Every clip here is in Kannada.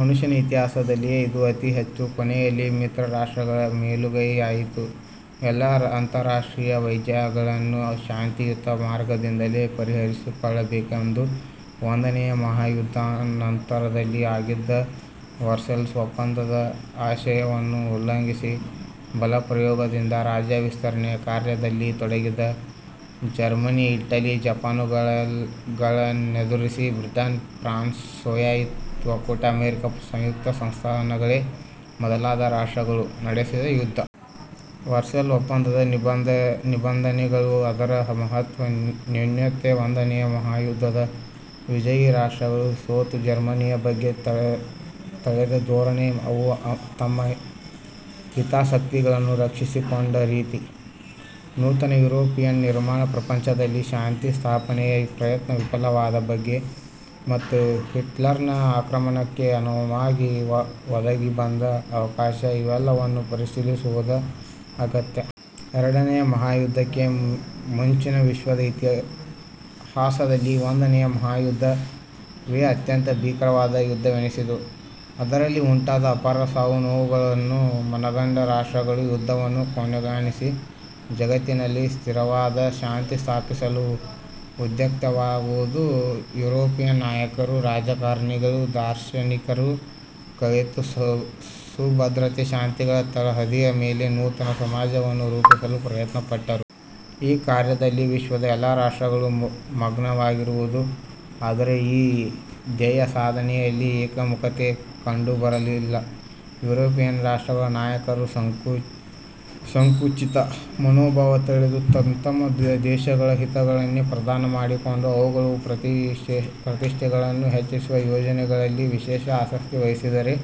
ಮನುಷ್ಯ ನ ಇತಿಹಾಸದಲ್ಲಿಯೇ ಇದು ಅತಿ ಹೆಚ್ಚು. ಕೊನೆಯಲ್ಲಿ ಮಿತ್ರ ರಾಷ್ಟ್ರಗಳ ಮೇಲುಗೈಯಾಯಿತು. ಎಲ್ಲ ಅಂತಾರಾಷ್ಟ್ರೀಯ ವ್ಯಾಜ್ಯಗಳನ್ನೂ ಶಾಂತಿಯುತ ಮಾರ್ಗದಿಂದಲೇ ಪರಿಹರಿಸಿಕೊಳ್ಳಬೇಕೆಂದು ಒಂದನೆಯ ಮಹಾಯುದ್ಧಾನಂತರದಲ್ಲಿ ಆಗಿದ್ದ ವರ್ಸೇಲ್ಸ್ ಒಪ್ಪಂದ ದ ಆಶಯವನ್ನು ಉಲ್ಲಂಘಿಸಿ ಬಲಪ್ರಯೋಗದಿಂದ ರಾಜ್ಯ ವಿಸ್ತರಣೆಯ ಕಾರ್ಯದಲ್ಲಿ ತೊಡಗಿದ್ದ ಜರ್ಮನಿ, ಇಟಲಿ, ಜಪಾನುಗಳನ್ನೆದುರಿಸಿ ಬ್ರಿಟನ್, ಫ್ರಾನ್ಸ್, ಸೋವಿಯತ್ ಒಕ್ಕೂಟ ಅಮೆರಿಕ ಸಂಯುಕ್ತ ಸಂಸ್ಥಾನಗಳೇ ಮೊದಲಾದ ರಾಷ್ಟ್ರಗಳು ನಡೆಸಿದ ಯುದ್ಧ. ವರ್ಸೇಲ್ಸ್ ಒಪ್ಪಂದದ ನಿಬಂಧನೆಗಳು, ಅದರ ಮಹತ್ತ್ವ, ನ್ಯೂನತೆ, ಒಂದನೆಯ ಮಹಾಯುದ್ಧದ ವಿಜಯೀ ರಾಷ್ಟ್ರಗಳು ಸೋತ ಜರ್ಮನಿಯ ಬಗ್ಗೆ ತಳೆದ ಧೋರಣೆ, ಅವು ತಮ್ಮ ಹಿತಾಸಕ್ತಿಗಳನ್ನು ರಕ್ಷಿಸಿ ಕೊಂಡ ರೀತಿ, ನೂತನ ಯುರೋಪಿನ ನಿರ್ಮಾಣ, ಪ್ರಪಂಚದಲ್ಲಿ ಶಾಂತಿಸ್ಥಾಪನೆಯ ಪ್ರಯತ್ನ ವಿಫಲವಾದ ಬಗೆ, ಮತ್ತು ಹಿಟ್ಲರನ ಆಕ್ರಮಣಕ್ಕೆ ಅನುವಾಗಿ ಒದಗಿಬಂದ ಅವಕಾಶ-ಇವೆಲ್ಲವನ್ನೂ ಪರಿಶೀಲಿಸುವುದು ಅಗತ್ಯ. ಎರಡನೆಯ ಮಹಾಯುದ್ಧಕ್ಕೆ ಮುಂಚಿನ ವಿಶ್ವದ ಇತಿಹಾಸದಲ್ಲಿ ಒಂದನೆಯ ಮಹಾಯುದ್ಧ ವೇ ಅತ್ಯಂತ ಭೀಕರವಾದ ಯುದ್ಧವೆನಿಸಿತ್ತು. ಅದರಲ್ಲಿ ಉಂಟಾದ ಅಪಾರ ಸಾವುನೋವುಗಳನ್ನು ಮನಗಂಡ ರಾಷ್ಟ್ರಗಳು ಯುದ್ಧವನ್ನು ಕೊನೆಗಾಣಿಸಿ, ಜಗತ್ತಿನಲ್ಲಿ ಸ್ಥಿರವಾದ ಶಾಂತಿ ಸ್ಥಾಪಿಸಲು ಉದ್ಯುಕ್ತವಾಗಿದ್ದುವು. ಯುರೋಪಿನ ನಾಯಕರೂ ರಾಜಕಾರಣಿಗಳೂ ದಾರ್ಶನಿಕರೂ ಕಲೆತು ಸುಭದ್ರತೆ ಶಾಂತಿಗಳ ತಳಹದಿಯ ಮೇಲೆ ನೂತನ ಸಮಾಜವನ್ನು ರೂಪಿಸಲು ಪ್ರಯತ್ನಪಟ್ಟರು. ಈ ಕಾರ್ಯದಲ್ಲಿ ವಿಶ್ವದ ಎಲ್ಲ ರಾಷ್ಟ್ರಗಳೂ ಮಗ್ನವಾಗಿದ್ದುವು. ಆದರೆ ಈ ಧ್ಯೇಯಸಾಧನೆಯಲ್ಲಿ ಏಕಮುಖತೆ ಕಂಡುಬರಲಿಲ್ಲ. ಯುರೋಪಿನ ರಾಷ್ಟ್ರಗಳ ನಾಯಕರು ಸಂಕುಚಿತ ಮನೋಭಾವ ತಳೆದು ತಂತಮ್ಮ ದೇಶಗಳ ಹಿತಗಳನ್ನೇ ಪ್ರಧಾನ ಮಾಡಿಕೊಂಡು ಅವುಗಳ ಪ್ರತಿಷ್ಠೆಗಳನ್ನು ಹೆಚ್ಚಿಸುವ ಯೋಜನೆಗಳಲ್ಲಿ ವಿಶೇಷ ಆಸಕ್ತಿ ವಹಿಸಿದ್ದರೇ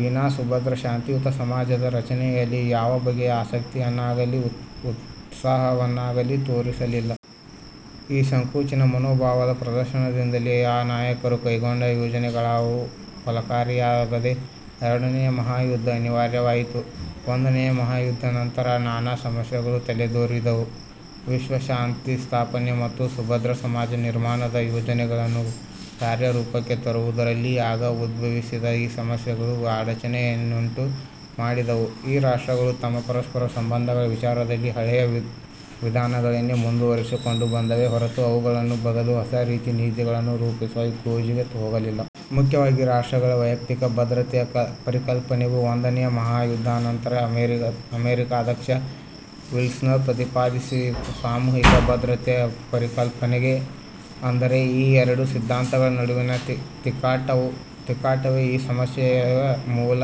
ವಿನಾ ಸುಭದ್ರ ಶಾಂತಿಯುತ ಸಮಾಜದ ರಚನೆಯಲ್ಲಿ ಯಾವ ಬಗೆಯ ಆಸಕ್ತಿಯನ್ನಾಗಲಿ ಉತ್ಸಾಹವನ್ನಾಗಲಿ ತೋರಿಸಲಿಲ್ಲ. ಈ ಸಂಕುಚಿತ ಮನೋಭಾವದ ಪ್ರದರ್ಶನದಿಂದಲೇ ಆ ನಾಯಕರು ಕೈಗೊಂಡ ಯೋಜನೆಗಳಾವುವೂ ಫಲಕಾರಿಯಾಗದೆ ಎರಡನೆಯ ಮಹಾಯುದ್ಧ ಅನಿವಾರ್ಯವಾಯಿತು. ಒಂದನೆಯ ಮಹಾಯುದ್ಧಾನಂತರ ನಾನಾ ಸಮಸ್ಯೆಗಳು ತಲೆದೋರಿದುವು. ವಿಶ್ವಶಾಂತಿಸ್ಥಾಪನೆ ಮತ್ತು ಸುಭದ್ರ ಸಮಾಜ ನಿರ್ಮಾಣದ ಯೋಜನೆಗಳನ್ನು ಕಾರ್ಯರೂಪಕ್ಕೆ ತರುವುದರಲ್ಲಿ ಆಗ ಉದ್ಭವಿಸಿದ ಈ ಸಮಸ್ಯೆಗಳು ಅಡಚಣೆಯನ್ನುಂಟು ಮಾಡಿದವು. ಈ ರಾಷ್ಟ್ರಗಳು ತಮ್ಮ ಪರಸ್ಪರ ಸಂಬಂಧದ ವಿಚಾರದಲ್ಲಿ ಹಳೆಯ ವಿಧಾನಗಳನ್ನೇ ಮುಂದುವರಿಸಿಕೊಂಡು ಬಂದವೇ ಹೊರತು, ಅವುಗಳ ಬದಲು ಹೊಸ ರೀತಿ ನೀತಿಗಳನ್ನು ರೂಪಿಸುವ ಗೋಜಿಗೇ ಹೋಗಲಿಲ್ಲ. ಮುಖ್ಯವಾಗಿ ರಾಷ್ಟ್ರಗಳ ವೈಯಕ್ತಿಕ ಭದ್ರತೆಯ ಪರಿಕಲ್ಪನೆಗೂ, ಒಂದನೆಯ ಮಹಾಯುದ್ಧಾನಂತರ ಅಮೆರಿಕಾಧ್ಯಕ್ಷ ವಿಲ್ಸನರು ಪ್ರತಿಪಾದಿಸಿದ ಸಾಮೂಹಿಕ ಭದ್ರತೆಯ ಪರಿಕಲ್ಪನೆಗೂ ಅಂದರೆ ಈ ಎರಡು ಸಿದ್ಧಾಂತಗಳ ನಡುವಿನ ತಿಕ್ಕಾಟವೇ ಈ ಸಮಸ್ಯೆಯ ಮೂಲ.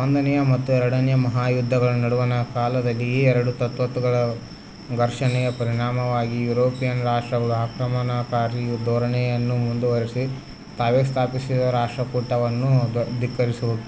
ಒಂದನೆಯ ಮತ್ತು ಎರಡನೆಯ ಮಹಾಯುದ್ಧಗಳ ನಡುವಣ ಕಾಲದಲ್ಲಿ ಈ ಎರಡು ತತ್ತ್ವಗಳ ಘರ್ಷಣೆಯ ಪರಿಣಾಮವಾಗಿ ಯುರೋಪಿನ ರಾಷ್ಟ್ರಗಳು ಆಕ್ರಮಣಕಾರಿ ಧೋರಣೆಯನ್ನು ಮುಂದುವರಿಸಿ ತಾವೇ ಸ್ಥಾಪಿಸಿದ ರಾಷ್ಟ್ರಕೂಟ ವನ್ನು ಧಿಕ್ಕರಿಸಿದುವು.